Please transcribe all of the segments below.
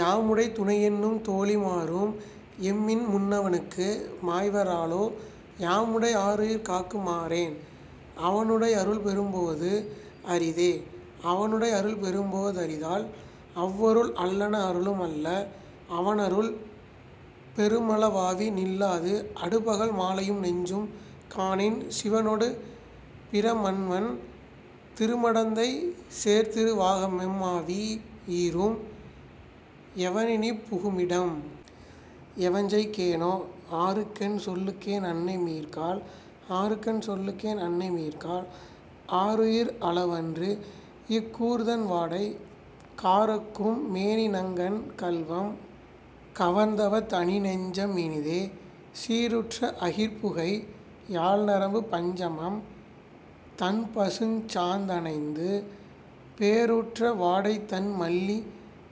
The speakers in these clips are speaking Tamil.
யாமுடை துணையென்னும் தோழி மாரும் எம்மின்முன் னவனுக்கு மாய்வ ராலோ, யாமுடை ஆருயிர் காக்கு மாறென்? அவனுடை யருள்பெ றும்போது அரிதே.. அவனுடை யருள்பெ றும்போ தரிதால் அவ்வருள் அல்லன அருளும் அல்ல, அவனருள் பெறுமள வாவி நில்லாது அடுபகல் மாலையும் நெஞ்சும் காணேன் சிவனொடு பிரமன்வண் திரும டந்தை சேர்திரு வாகமெம் மாவி யீரும், எவனினிப் புகுமிடம்? எவஞ்செய் கேனோ? ஆருக்கென் சொல்லுகேன் அன்னை மீர்காள்.. ஆருக்கென் சொல்லுகேன் அன்னை மீர்காள். ஆருயிர் அளவு அன்று இக்கூர்தண் வாடை, காரொக்கும் மேனிநங் கண்ணன் கள்வம் கவர்ந்தவத் தனிநெஞ்சம் ணஃதே, சீருற்ற அகிற்புகை யாழ்ந ரம்பு பஞ்சமம் தண்பசுஞ் சாந்த ணைந்து, போருற்ற வாடைதண் மல்லி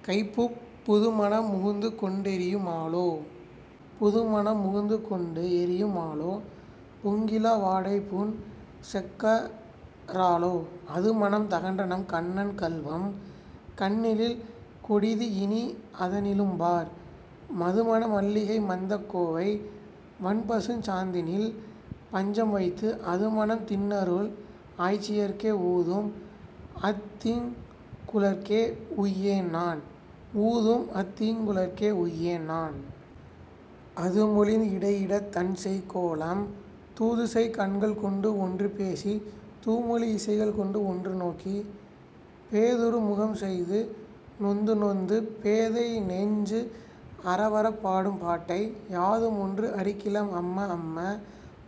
கைப்பூப் புதுமணம் முகந்துகொண் டெறியு மாலோ.. புதுமணம் முகந்துகொண் டெறியு மாலோ. பொங்கிள வாடைபுன் செக்க ராலோ, அதுமணந் தகன்றநங் கண்ணன் கள்வம் கண்ணினிற் கொடிதினி அதனி லும்பர், மதுமன மல்லிகை மந்தக் கோவை வண்பசுஞ் சாந்தினில் பஞ்ச மம்வைத்து, அதுமணந் தின்னருள் ஆய்ச்சி யர்க்கே ஊதுமத் தீங்குழற் கேயுய் யேன்நான்.. ஊதுமத் தீங்குழற் கேயுய் யேன்நான். அதுமொழிந் திடையிடைத் தஞ்செய் கோலத், தூதுசெய் கண்கள்கொண்டு ஒன்று பேசித் தூமொழி யிசைகள்கொண் ஒன்று நோக்கி, பேதுறும் முகம்செய்து நொந்து நொந்து பேதைநெஞ் அறவறப் பாடும் பாட்டை, யாதுமொன் அறிகிலம் அம்ம அம்ம.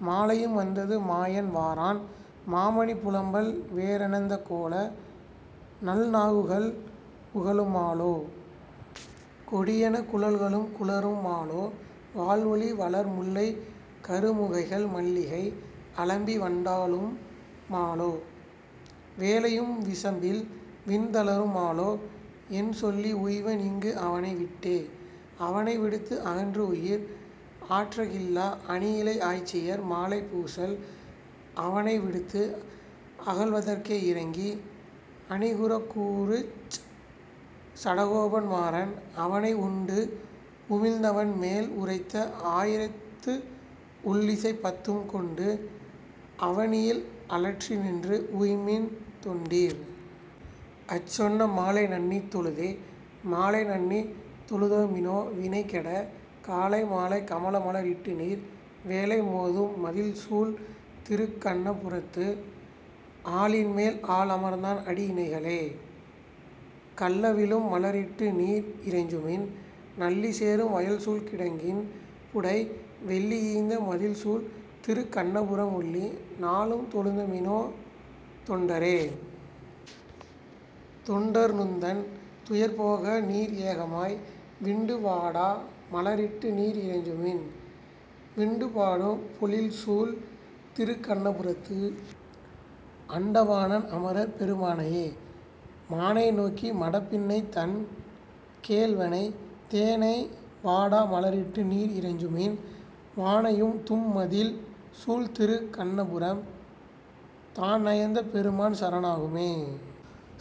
மாலையும் வந்தது மாயன் வாரான்.. மாலையும் வந்தது மாயன் வாரான் மாமணி புலம்பல் லேற ணைந்த, கோலநன் னாகுகள் உகளு மாலோ. கொடியென குழல்களும் குழறுமாலோ, வாலொளி வளர்முல்லை கருமு கைகள் மல்லிகை யலம்பிவண் டாலு மாலோ, வேலையும் விசம்பில்விண் டலறு மாலோ. என்சொல்லி யுய்வனிங் கவனை விட்டே? அவனைவிட் டகன்றுயிர் ஆற்ற கில்லா அணியிழை ஆய்ச்சியர் மாலைப் பூசல், அவனைவிட் டகல்வதற் கேயி ரங்கி அணிகுரு கூர்ச்சட கோபன் மாறன், அவனியுண் டுமிழ்ந்தவன் மேலு ரைத்த ஆயிரத் துள்ளிவை பத்தும் கொண்டு, அவனியுள் அலற்றிநின் றுய்ம்மின் தொண்டீர். அச்சொன்ன மாலை நண்ணித் தொழுதே. மாலைநண் ணித்தொழு தெழுமினோ வினைகெட, காலைமா லைகம லமலர் இட்டுநீர், வேலைமோ தும்மதிள் சூழ்திருக் கண்ணபுரத்து, ஆலின்மே லாலமர்ந் தானடி யிணைகளே.. கள்ளவி ழும்மலர் இட்டுநீ ரிறைஞ்சுமின், நள்ளிசே ரும்வயல் சூழ்கிடங் கின்புடை, வெள்ளீயேய்ந் தமதிள் சூழ்திருக் கண்ணபுரம் உள்ளி, நா ளும்தொழு தெழுமினோ தொண்டரே.. தொண்டர். நுந் தந்துயர் போகநீர் ஏகமாய், விண்டுவா டாமலர் இட்டுநீ ரிறைஞ்சுமின், வண்டுபா டும்பொழில் சூழ்திருக் கண்புரத் தண்டவா ணன், அம ரர்பெரு மானையே.. மானைநோக் கிமடப் பின்னைதன் கேள்வனை, தேனைவா டாமலர் இட்டுநீ ரிறைஞ்சுமின், வானையுந் தும்மதிள் சூழ்திருக் கண்ணபுரம், தான் நயந் தபெரு மான் சர ணாகுமே..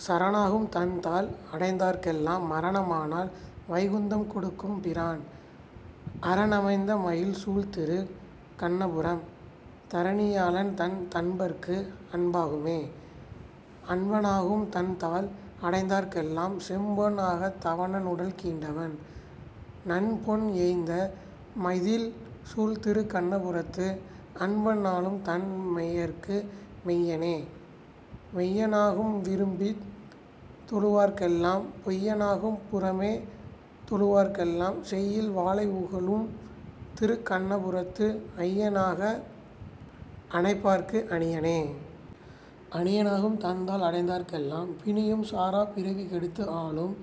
சரணமா கும்தன தாளடைந் தார்க்கெலாம், மரணமா னால்வைகுந் தம்கொடுக் கும்பிரான், அரணமைந் தமதிள் சூழ்திருக் கண்ணபுரம், தரணியா ளன், தன தன்பர்க்கன் பாகுமே.. அன்பனா கும்தன தாளடைந் தார்க்கெலாம், செம்பொனா கத்தவு ணனுடல் கீண்டவன், நன்பொனேய்ந் தமதிள் சூழ்திருக் கண்ணபுரத் தன்பன், நா ளும்தன் மெய்யர்க்கு மெய்யனே.. மெய்யனா கும்விரும் பித்தொழு வார்க்கெலாம், பொய்யனா கும்புற மேதொழு வார்க்கெலாம், செய்யில்வா ளையுக ளும்திருக் கண்ணபுரத்து ஐயன், ஆ கத்தணைப் பார்கட் கணியனே.. அணியனா கும்தன தாளடைந் தார்க்கெலாம், பிணியும் சாரா பிறவி கெடுத்தாளும்,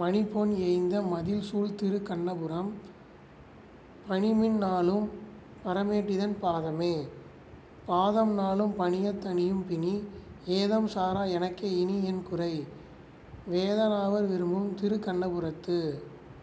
மணிபொனேய்ந் தமதிள் சூழ்திருக் கணபுரம் பணிமின், நா ளும்பர மேட்டிதன் பாதமே.. பாதநா ளும்பணி யத்தணி யும்பிணி, ஏதம்சா ராஎனக் கேலினி யென்குறை?, வேதநா வர்விரும் பும்திருக் கணபுரத்து